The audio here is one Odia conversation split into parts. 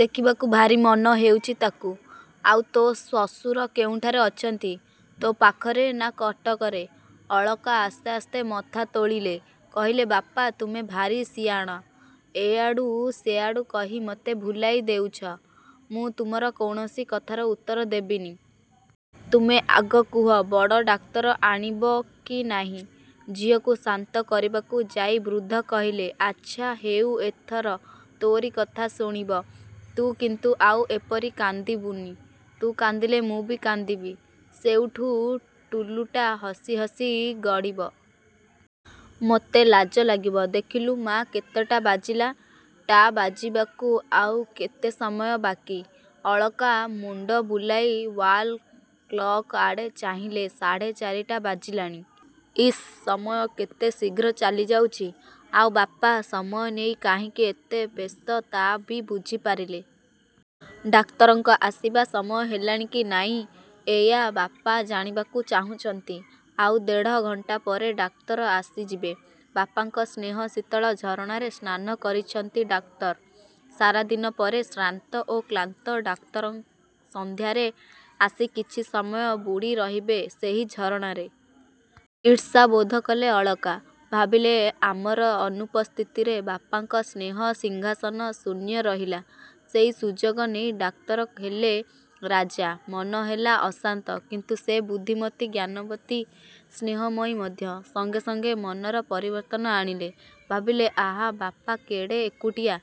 ଦେଖିବାକୁ ଭାରି ମନହେଉଛି ତାକୁ। ଆଉ ତୋ ଶ୍ୱଶୁର-କେଉଁଠାରେ ଅଛନ୍ତି, ତୋ ପାଖରେ ନା କଟକରେ? ଅଳକା ଆସ୍ତେ ଆସ୍ତେ ମଥା ତୋଳିଲେ। କହିଲେ ବାପା ତୁମେ ଭାରି ସିଆଣା। ଏଆଡ଼ୁ ସେଆଡ଼ୁ କହି ମୋତେ ଭୁଲାଇ ଦେଉଛ। ମୁଁ ତୁମର କୌଣସି କଥାର ଉତ୍ତର ଦେବିନି। ତୁମେ ଆଗ କୁହ ବଡ଼ ଡାକ୍ତର ଆଣିବ କି ନାହିଁ? ଝିଅକୁ ଶାନ୍ତ କରିବାକୁ ଯାଇ ବୃଦ୍ଧ କହିଲେ, ଆଛା ହେଉ ଏଥର ତୋରି କଥା ଶୁଣିବ। ତୁ କିନ୍ତୁ ଆଉ ଏପରି କାନ୍ଦିବୁନି। ତୁ କାନ୍ଦିଲେ ମୁଁ ବି କାନ୍ଦିବି। ସେଉଠୁ ଟୁଲୁଟା ହସି ହସି ଗଡ଼ିବ। ମୋତେ ଲାଜ ଲାଗିବ। ଦେଖିଲୁ ମା' କେତେଟା ବାଜିଲା, ଟା ବାଜିବାକୁ ଆଉ କେତେ ସମୟ ବାକି। ଅଳକା ମୁଣ୍ଡ ବୁଲାଇ ଓ୍ୱାଲ କ୍ଲକ ଆଡ଼େ ଚାହିଁଲେ। ସାଢ଼େ ଚାରିଟା ବାଜିଲାଣି। ଇସ୍ ସମୟ କେତେ ଶୀଘ୍ର ଚାଲିଯାଉଛି। ଆଉ ବାପା ସମୟ ନେଇ କାହିଁକି ଏତେ ବ୍ୟସ୍ତ ତା ବି ବୁଝିପାରିଲେ। ଡାକ୍ତରଙ୍କ ଆସିବା ସମୟ ହେଲାଣି କି ନାହିଁ ଏଇଆ ବାପା ଜାଣିବାକୁ ଚାହୁଁଛନ୍ତି। ଆଉ ଦେଢ଼ ଘଣ୍ଟା ପରେ ଡାକ୍ତର ଆସିଯିବେ। ବାପାଙ୍କ ସ୍ନେହ ଶୀତଳ ଝରଣାରେ ସ୍ନାନ କରିଛନ୍ତି ଡାକ୍ତର। ସାରାଦିନ ପରେ ଶ୍ରାନ୍ତ ଓ କ୍ଳାନ୍ତ ଡାକ୍ତର ସଂଧ୍ୟାରେ ଆସି କିଛି ସମୟ ବୁଡ଼ି ରହିବେ ସେହି ଝରଣାରେ। ଈର୍ଷା ବୋଧକଲେ ଅଳକା। ଭାବିଲେ ଆମର ଅନୁପସ୍ଥିତିରେ ବାପାଙ୍କ ସ୍ନେହ ସିଂହାସନ ଶୂନ୍ୟ ରହିଲା। ସେଇ ସୁଯୋଗ ନେଇ ଡାକ୍ତର ହେଲେ ରଜା। ମନ ହେଲା ଅଶାନ୍ତ। କିନ୍ତୁ ସେ ବୁଦ୍ଧିମତୀ, ଜ୍ଞାନବତୀ, ସ୍ନେହମୟୀ ମଧ୍ୟ। ସଙ୍ଗେ ସଙ୍ଗେ ମନର ପରିବର୍ତ୍ତନ ଆଣିଲେ। ଭାବିଲେ ଆହା ବାପା କେଡ଼େ ଏକୁଟିଆ।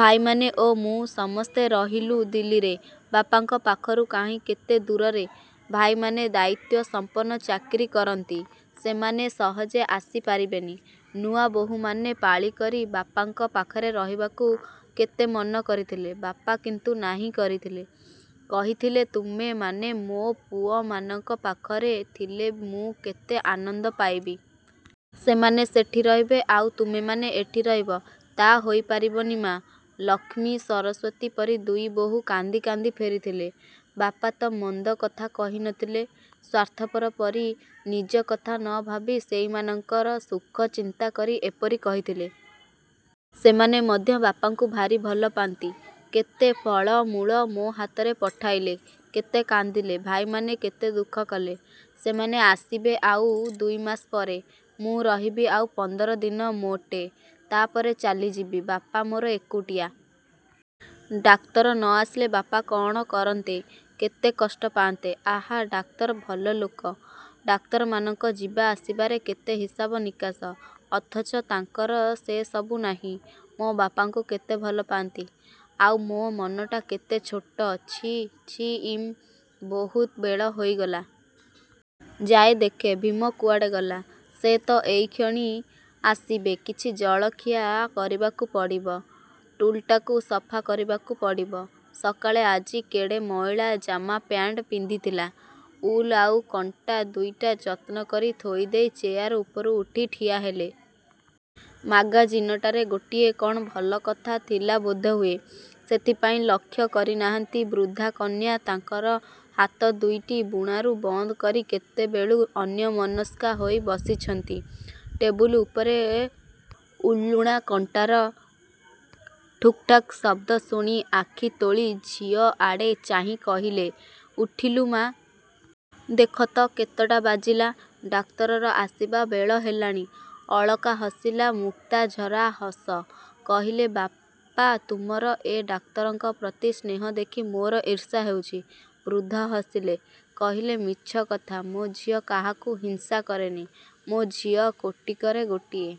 ଭାଇମାନେ ଓ ମୁଁ ସମସ୍ତେ ରହିଲୁ ଦିଲ୍ଲୀରେ-। ବାପାଙ୍କ ପାଖରୁ କାହିଁ କେତେ ଦୂରରେ। ଭାଇମାନେ ଦାୟୀତ୍ୱସମ୍ପନ୍ନ ଚାକିରି କରନ୍ତି-। ସେମାନେ ସହଜେ ଆସିପାରିବେନି। ନୂଆବୋହୂମାନେ ପାଳିକରି ବାପାଙ୍କ ପାଖରେ ରହିବାକୁ କେତେ ମନ କରିଥିଲେ। ବାପା କିନ୍ତୁ ନାହିଁ କରିଥିଲେ, କହିଥିଲେ ତୁମେମାନେ ମୋ ପୁଅମାନଙ୍କ ପାଖରେ ଥିଲେ ମୁଁ କେତେ ଆନନ୍ଦ ପାଇବି। ସେମାନେ ସେଠି ରହିବେ ଆଉ ତୁମେମାନେ ଏଠି ରହିବ, ତା' ହୋଇପାରିବନି ମା'। ଲକ୍ଷ୍ମୀ, ସରସ୍ୱତୀ ପରି ଦୁଇବୋହୂ କାନ୍ଦି କାନ୍ଦି ଫେରିଥିଲେ। ବାପାତ ମନ୍ଦ କଥା କହିନଥିଲେ। ସ୍ୱାର୍ଥପର ପରି ନିଜ କଥା ନ ଭାବି ସେଇମାନଙ୍କର ସୁଖ ଚିନ୍ତା କରି ଏପରି କହିଥିଲେ। ସେମାନେ ମଧ୍ୟ ବାପାଙ୍କୁ ଭାରି ଭଲପା'ନ୍ତି। କେତେ ଫଳ ମୂଳ ମୋ ହାତରେ ପଠାଇଲେ, କେତେ କାନ୍ଦିଲେ। ଭାଇମାନେ କେତେ ଦୁଃଖ କଲେ। ସେମାନେ ଆସିବେ ଆଉ ଦୁଇମାସ ପରେ। ମୁଁ ରହିବି ଆଉ ପନ୍ଦର ଦିନ ମୋଟେ। ତାପରେ ଚାଲିଯିବି। ବାପା ମୋର ଏକୁଟିଆ। ଡାକ୍ତର ନ ଆସିଲେ ବାପା କ'ଣ କରନ୍ତେ,। କେତେ କଷ୍ଟ ପାଆନ୍ତେ। ଆହା ଡାକ୍ତର ଭଲ ଲୋକ। ଡାକ୍ତରମାନଙ୍କ ଯିବା ଆସିବାରେ କେତେ ହିସାବ ନିକାଶ। ଅଥଚ ତାଙ୍କର ସେ ସବୁ ନାହିଁ। ମୋ ବାପାଙ୍କୁ କେତେ ଭଲପାନ୍ତି। ଆଉ ମୋ ମନଟା କେତେ ଛୋଟ ଛି, ଛି ଇମ୍, ବହୁତ ବେଳ ହୋଇଗଲା। ଯାଏ ଦେଖେ ଭୀମ କୁଆଡ଼େ ଗଲା। ସେ ତ ଏଇକ୍ଷଣି ଆସିବେ-। କିଛି ଜଳଖିଆ କରିବାକୁ ପଡ଼ିବ। ଟୁଲ୍ଟାକୁ ସଫା କରିବାକୁ ପଡ଼ିବ। ସକାଳେ ଆଜି କେଡ଼େ ମଇଳା ଜାମା ପ୍ୟାଣ୍ଟ ପିନ୍ଧିଥିଲା। ଉଲ୍ ଆଉ କଣ୍ଟା ଦୁଇଟା ଯତ୍ନ କରି ଥୋଇଦେଇ ଚେୟାର ଉପରୁ ଉଠି ଠିଆହେଲେ। ମାଗାଜିନଟାରେ ଗୋଟିଏ କ'ଣ ଭଲ କଥା ଥିଲା ବୋଧହୁଏ, ସେଥିପାଇଁ ଲକ୍ଷ୍ୟ କରିନାହାନ୍ତି ବୃଦ୍ଧା କନ୍ୟା ତାଙ୍କର ହାତ ଦୁଇଟି ବୁଣାରୁ ବନ୍ଦ କରି କେତେବେଳୁ ଅନ୍ୟମନସ୍କା ହୋଇ ବସିଛନ୍ତି। ଟେବୁଲ୍ ଉପରେ ଉଲ୍ବୁଣା କଣ୍ଟାର ଠୁକ୍ଠାକ ଶବ୍ଦ ଶୁଣି ଆଖି ତୋଳି ଝିଅଆଡ଼େ ଚାହିଁ କହିଲେ-ଉଠିଲୁ ମା'? ଦେଖତ କେତେଟା ବାଜିଲା। ଡାକ୍ତରର ଆସିବା ବେଳ ହେଲାଣି। ଅଳକା ହସିଲା ମୁକ୍ତାଝରା ହସ। କହିଲେ-ବାପା ତୁମର ଏ ଡାକ୍ତରଙ୍କ ପ୍ରତି ସ୍ନେହ ଦେଖି ମୋର ଈର୍ଷାହେଉଛି। ବୃଦ୍ଧ ହସିଲେ, କହିଲେ-ମିଛ କଥା, ମୋ ଝିଅ କାହାକୁ ହିଂସା କରେନି। ମୋ ଝିଅ କୋଟିକରେ ଗୋଟିଏ।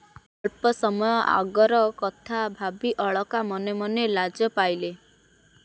ଅଳ୍ପ ସମୟ ଆଗର କଥା ଭାବି ଅଳକା ମନେ ମନେ ଲାଜ ପାଇଲେ।